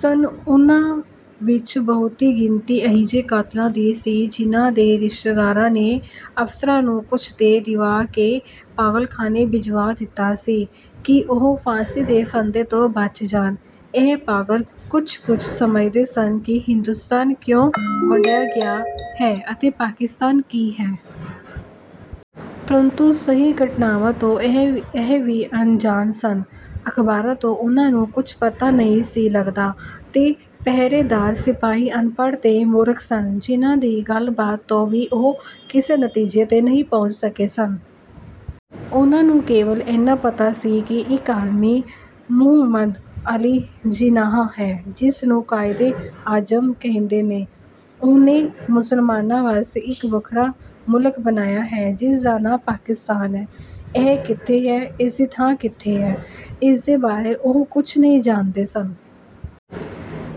ਸਨ। ਉਨ੍ਹਾਂ ਵਿਚ ਬਹੁਤੀ ਗਿਣਤੀ ਅਜਿਹੇ ਕਾਤਲਾਂ ਦੀ ਸੀ ਜਿਨ੍ਹਾਂ ਦੇ ਰਿਸ਼ਤੇਦਾਰਾਂ ਨੇ ਅਫ਼ਸਰਾਂ ਨੂੰ ਕੁਝ ਦੇ ਦਿਵਾ ਕੇ ਪਾਗਲਖਾਨੇ ਭਿਜਵਾ ਦਿੱਤਾ ਸੀ ਕਿ ਉਹ ਫਾਂਸੀ ਦੇ ਫੰਧੇ ਤੋਂ ਬਚ ਜਾਣ। ਇਹ ਪਾਗਲ ਕੁਝ-ਕੁਝ ਸਮਝਦੇ ਸਨ ਕਿ ਹਿੰਦੁਸਤਾਨ ਕਿਉਂ ਵੰਡਿਆ ਗਿਆ ਹੈ ਅਤੇ ਪਾਕਿਸਤਾਨ ਕੀ ਹੈ। ਪ੍ਰੰਤੂ ਸਹੀ ਘਟਨਾਵਾਂ ਤੋਂ ਇਹ ਵੀ ਅਣਜਾਣ ਸਨ। ਅਖ਼ਬਾਰਾਂ ਤੋਂ ਉਨ੍ਹਾਂ ਨੂੰ ਕੁਝ ਪਤਾ ਨਹੀਂ ਸੀ ਲੱਗਦਾ ਤੇ ਪਹਿਰੇਦਾਰ ਸਿਪਾਹੀ ਅਨਪੜ੍ਹ ਤੇ ਮੂਰਖ ਸਨ ਜਿਨ੍ਹਾਂ ਦੀ ਗੱਲਬਾਤ ਤੋਂ ਵੀ ਉਹ ਕਿਸੇ ਨਤੀਜੇ ਤੇ ਨਹੀਂ ਪਹੁੰਚ ਸਕਦੇ ਸਨ। ਉਨ੍ਹਾਂ ਨੂੰ ਕੇਵਲ ਏਨਾ ਪਤਾ ਸੀ ਕਿ ਇੱਕ ਆਦਮੀ ਮੁਹੰਮਦ ਅਲੀ ਜਿਨਾਹ ਹੈ ਜਿਸਨੂੰ ਕਾਇਦੇ-ਆਜ਼ਮ ਕਹਿੰਦੇ ਨੇ। ਉਹਨੇ ਮੁਸਲਮਾਨਾਂ ਵਾਸਤੇ ਇੱਕ ਵੱਖਰਾ ਮੁਲਕ ਬਣਾਇਆ ਹੈ ਜਿਸਦਾ ਨਾਂ ਪਾਕਿਸਤਾਨ ਹੈ। ਇਹ ਕਿੱਥੇ ਹੈ, ਇਸਦੀ ਥਾਂ ਕਿੱਥੇ ਹੈ, ਇਸਦੇ ਬਾਰੇ ਉਹ ਕੁਝ ਨਹੀਂ ਜਾਣਦੇ ਸਨ।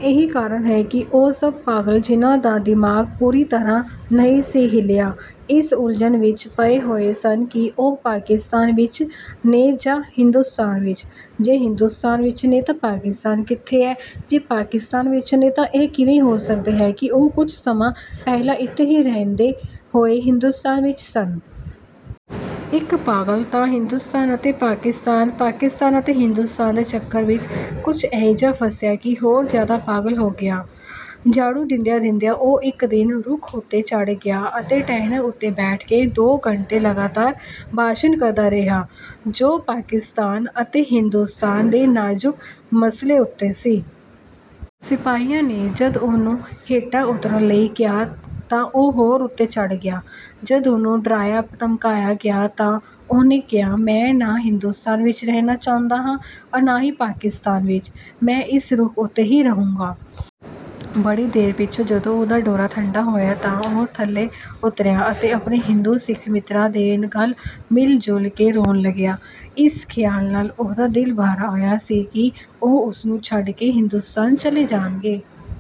ਇਹੀ ਕਾਰਨ ਹੈ ਕਿ ਉਹ ਸਭ ਪਾਗਲ ਜਿਨ੍ਹਾਂ ਦਾ ਦਿਮਾਗ ਪੂਰੀ ਤਰ੍ਹਾਂ ਨਹੀਂ ਸੀ ਹਿੱਲਿਆ, ਇਸ ਉਲਝਣ ਵਿਚ ਪਏ ਹੋਏ ਸਨ ਕਿ ਉਹ ਪਾਕਿਸਤਾਨ ਵਿਚ ਨੇ ਜਾਂ ਹਿੰਦੁਸਤਾਨ ਵਿਚ। ਜੇ ਹਿੰਦੁਸਤਾਨ ਵਿਚ ਨੇ ਤਾਂ ਪਾਕਿਸਤਾਨ ਕਿੱਥੇ ਐ, ਜੇ ਪਾਕਿਸਤਾਨ ਵਿਚ ਨੇ ਤਾਂ ਇਹ ਕਿਵੇਂ ਹੋ ਸਕਦੈ ਕਿ ਉਹ ਕੁਝ ਸਮਾਂ ਪਹਿਲਾਂ ਇਥੇ ਹੀ ਰਹਿੰਦੇ ਹੋਏ ਹਿੰਦੁਸਤਾਨ ਵਿਚ ਸਨ। ਇਕ ਪਾਗਲ ਤਾਂ ਹਿੰਦੁਸਤਾਨ ਅਤੇ ਪਾਕਿਸਤਾਨ, ਪਾਕਿਸਤਾਨ ਅਤੇ ਹਿੰਦੁਸਤਾਨ ਦੇ ਚੱਕਰ ਵਿਚ ਕੁਝ ਅਜਿਹਾ ਫਸਿਆ ਕਿ ਹੋਰ ਜ਼ਿਆਦਾ ਪਾਗਲ ਹੋ ਗਿਆ। ਝਾੜੂ ਦਿੰਦਿਆਂ-ਦਿੰਦਿਆਂ ਉਹ ਇਕ ਦਿਨ ਰੁੱਖ ਉੱਤੇ ਚੜ੍ਹ ਗਿਆ ਅਤੇ ਟਹਿਣੇ ਉੱਤੇ ਬੈਠ ਕੇ ਦੋ ਘੰਟੇ ਲਗਾਤਾਰ ਭਾਸ਼ਣ ਕਰਦਾ ਰਿਹਾ ਜੋ ਪਾਕਿਸਤਾਨ ਅਤੇ ਹਿੰਦੁਸਤਾਨ ਦੇ ਨਾਜ਼ੁਕ ਮਸਲੇ ਉੱਤੇ ਸੀ। ਸਿਪਾਹੀਆਂ ਨੇ ਜਦ ਉਹਨੂੰ ਹੇਠਾਂ ਉਤਰਨ ਲਈ ਕਿਹਾ ਤਾਂ ਉਹ ਹੋਰ ਉੱਤੇ ਚੜ੍ਹ ਗਿਆ। ਜਦ ਉਹਨੂੰ ਡਰਾਇਆ-ਧਮਕਾਇਆ ਗਿਆ ਤਾਂ ਉਹਨੇ ਕਿਹਾ, "ਮੈਂ ਨਾ ਹਿੰਦੁਸਤਾਨ ਵਿਚ ਰਹਿਣਾ ਚਾਹੁੰਦਾ ਹਾਂ ਨਾ ਪਾਕਿਸਤਾਨ ਵਿਚ। ਮੈਂ ਇਸ ਰੁੱਖ ਉੱਤੇ ਹੀ ਰਹੂੰਗਾ।" ਬੜੀ ਦੇਰ ਪਿਛੋਂ ਜਦੋ ਉਹਦਾ ਦੌਰਾ ਠੰਡਾ ਹੋਇਆ ਤਾਂ ਉਹ ਥੱਲੇ ਉਤਰਿਆ ਅਤੇ ਆਪਣੇ-ਹਿੰਦੂ ਸਿੱਖ ਮਿੱਤਰਾਂ ਦੇ ਗਲ ਮਿਲ-ਮਿਲ ਕੇ ਰੋਣ ਲੱਗਿਆ। ਇਸ ਖ਼ਿਆਲ ਨਾਲ ਉਹਦਾ ਦਿਲ ਭਰ ਆਇਆ ਸੀ ਕਿ ਉਹ ਉਸਨੂੰ ਛੱਡ ਕੇ ਹਿੰਦੁਸਤਾਨ ਚਲੇ ਜਾਣਗੇ।